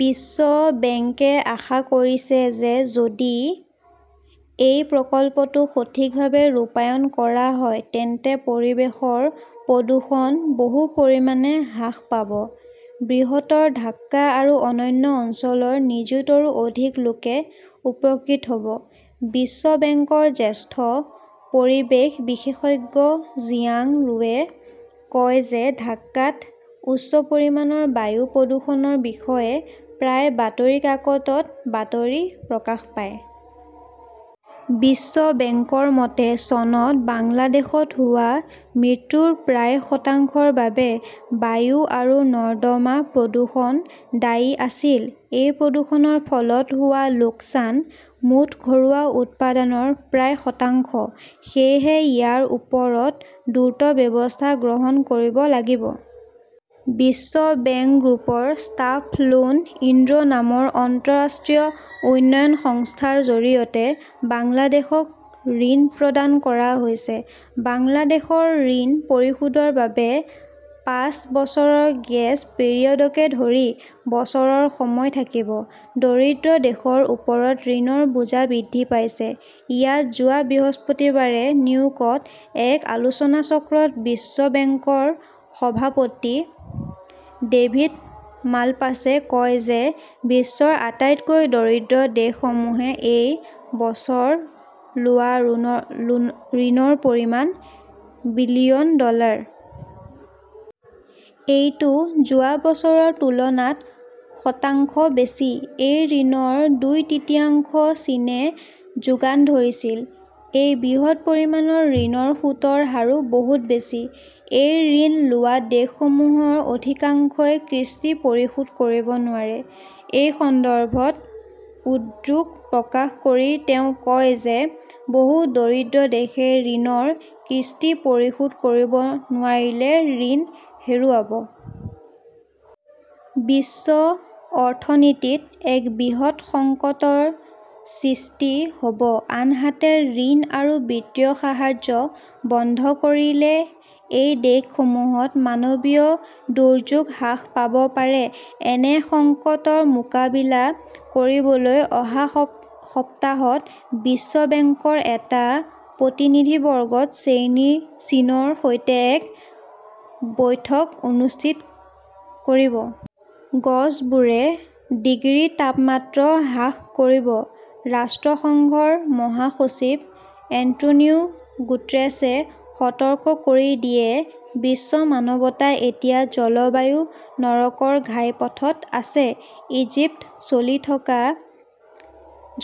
বিশ্ব বেংকে আশা কৰিছে যে যদি এই প্ৰকল্পটো সঠিকভাৱে ৰূপায়ণ কৰা হয় তেন্তে পৰিৱেশৰ প্ৰদূষণ বহু পৰিমাণে হ্ৰাস পাব। বৃহত্তৰ ঢাকা আৰু অন্যান্য অঞ্চলৰ নিযুতৰো অধিক লোকে উপকৃত হ "ব। বিশ্ব বেংকৰ জ্যেষ্ঠ পৰিৱেশ বিশেষজ্ঞ জিয়াং ৰুৱে কয় যে ঢাকাত উচ্চ পৰিমাণৰ বায়ু প্ৰদূষণৰ বিষয়ে প্ৰায়ে বাতৰি কাকতত বাতৰি প্ৰকাশ পায়। বিশ্ব বেংকৰ মতে, চনত বাংলাদেশত হোৱা মৃত্যুৰ প্ৰায় শতাংশৰ বাবে বায়ু আৰু নৰ্দমা প্ৰদূষণ দায়ী আছিল। এই প্ৰদূষণৰ ফলত হোৱা লোকচান মুঠ ঘৰুৱা উৎপাদনৰ প্ৰায় শতাংশ। সেয়েহে ইয়াৰ ওপৰত দ্ৰুত ব্যৱস্থা গ্ৰহণ কৰিব লাগিব। বিশ্ব বেংক গ্ৰুপৰ চফ্ট লোন উইণ্ডো নামৰ আন্তঃৰাষ্ট্ৰীয় উন্নয়ন সংস্থা ৰ জৰিয়তে বাংলাদেশক ঋণ প্ৰদান কৰা হৈছে। বাংলাদেশৰ ঋণ পৰিশোধৰ বাবে পাঁচ বছৰৰ গ্ৰেছ পিৰিয়ডকে ধৰি বছৰৰ সময় থাকিব। দৰিদ্ৰ দেশৰ ওপৰত ঋণৰ বোজা বৃদ্ধি পাইছেঃ ইয়াত যোৱা বৃহস্পতিবাৰে নিউয়ৰ্কত এক আলোচনাচক্ৰত বিশ্ব বেংকৰ সভাপতি ডেভিদ মালপাছে কয় যে বিশ্বৰ আটাইতকৈ দৰিদ্ৰ দেশসমূহে এই বছৰ লোৱা ঋণৰ পৰিমাণ বিলিয়ন ডলাৰ। এইটো যোৱা বছৰৰ তুলনাত শতাংশ বেছি। এই ঋণৰ দুই তৃতীয়াংশ চীনে যোগান ধৰিছিল। এই বৃহৎ পৰিমাণৰ ঋণৰ সুতৰ হাৰো বহুত বেছি। এই ঋণ লোৱা দেশসমূহৰ অধিকাংশই কিস্তি পৰিশোধ কৰিব নোৱাৰে। এই সন্দৰ্ভত উদ্বেগ প্ৰকাশ কৰি তেওঁ কয় যে বহু দৰিদ্ৰ দেশে ঋণৰ কিস্তি পৰিশোধ কৰিব নোৱাৰিলে ঋণ হেৰুৱাব। বিশ্ব অৰ্থনীতিত এক বৃহৎ সংকটৰ সৃষ্টি হ "ব। আনহাতে, ঋণ আৰু বিত্তীয় সাহায্য বন্ধ কৰিলে এই দেশসমূহত মানৱীয় দুৰ্যোগ হ্ৰাস পাব পাৰে। এনে সংকটৰ মোকাবিলা কৰিবলৈ অহা সপ্তাহত বিশ্ব বেংকৰ এটা প্ৰতিনিধিবৰ্গই চীনৰ সৈতে এখন বৈঠক অনুষ্ঠিত কৰিব। গছবোৰে ডিগ্ৰী তাপমাত্ৰা হ্ৰাস কৰিব ৰাষ্ট্ৰসংঘৰ মহাসচিব এন্টোনিও গুটেৰেছে সতৰ্ক কৰি দিয়ে, "বিশ্ব মানৱতা এতিয়া 'জলবায়ু-নৰকৰ ঘাইপথ" ত আছে। "ইজিপ্তত চলি থকা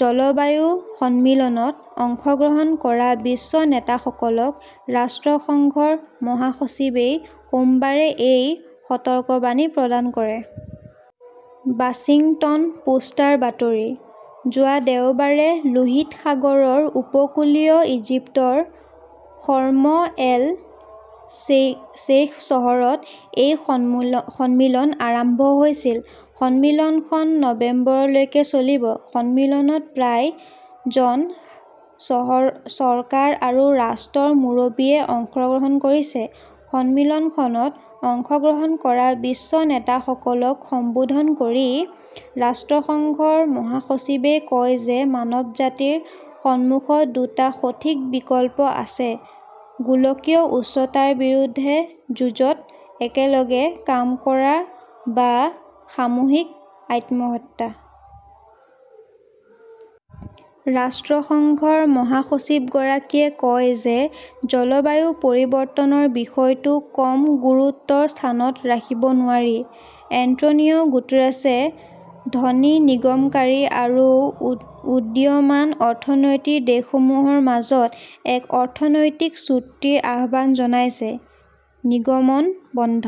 জলবায়ু সন্মিলন ত অংশগ্ৰহণ কৰা বিশ্ব নেতাসকলক ৰাষ্ট্ৰসংঘৰ মহাসচিবই সোমবাৰে এই সতৰ্কবাণী প্ৰদান কৰে। ৱাশ্বিংটন পোষ্টৰ বাতৰি। যোৱা দেওবাৰে লোহিত সাগৰৰ উপকূলীয় ইজিপ্তৰ শৰ্ম এল-শ্বেইখ চহৰত এই সন্মিলন আৰম্ভ হৈছিল। সন্মিলনখন নৱেম্বৰলৈকে চলিব। সন্মিলনত প্ৰায় জন চৰকাৰ আৰু ৰাষ্ট্ৰৰ মুৰব্বীয়ে অংশগ্ৰহণ কৰিছে। সন্মিলনখনত অংশগ্ৰহণ কৰা বিশ্ব নেতাসকলক সম্বোধন কৰি ৰাষ্ট্ৰসংঘৰ মহাসচিবই কয় যে মানৱজাতিৰ সন্মুখত দুটা কঠিন বিকল্প আছে-গোলকীয় উষ্ণতাৰ বিৰুদ্ধে যুঁজত একেলগে কাম কৰা বা 'সামূহিক আত্মহত্যা "। ৰাষ্ট্ৰসংঘৰ মহাসচিবগৰাকীয়ে কয় যে জলবায়ু পৰিৱৰ্তনৰ বিষয়টো কম গুৰুত্বৰ স্থানত ৰাখিব নোৱাৰি। এণ্টোনিও গুটেৰেছে ধনী নিৰ্গমনকাৰী আৰু উদীয়মান অৰ্থনীতিৰ দেশসমূহৰ মাজত এক 'ঐতিহাসিক "চুক্তিৰ আহ্বান জনাইছে। নিৰ্গমন বন্ধ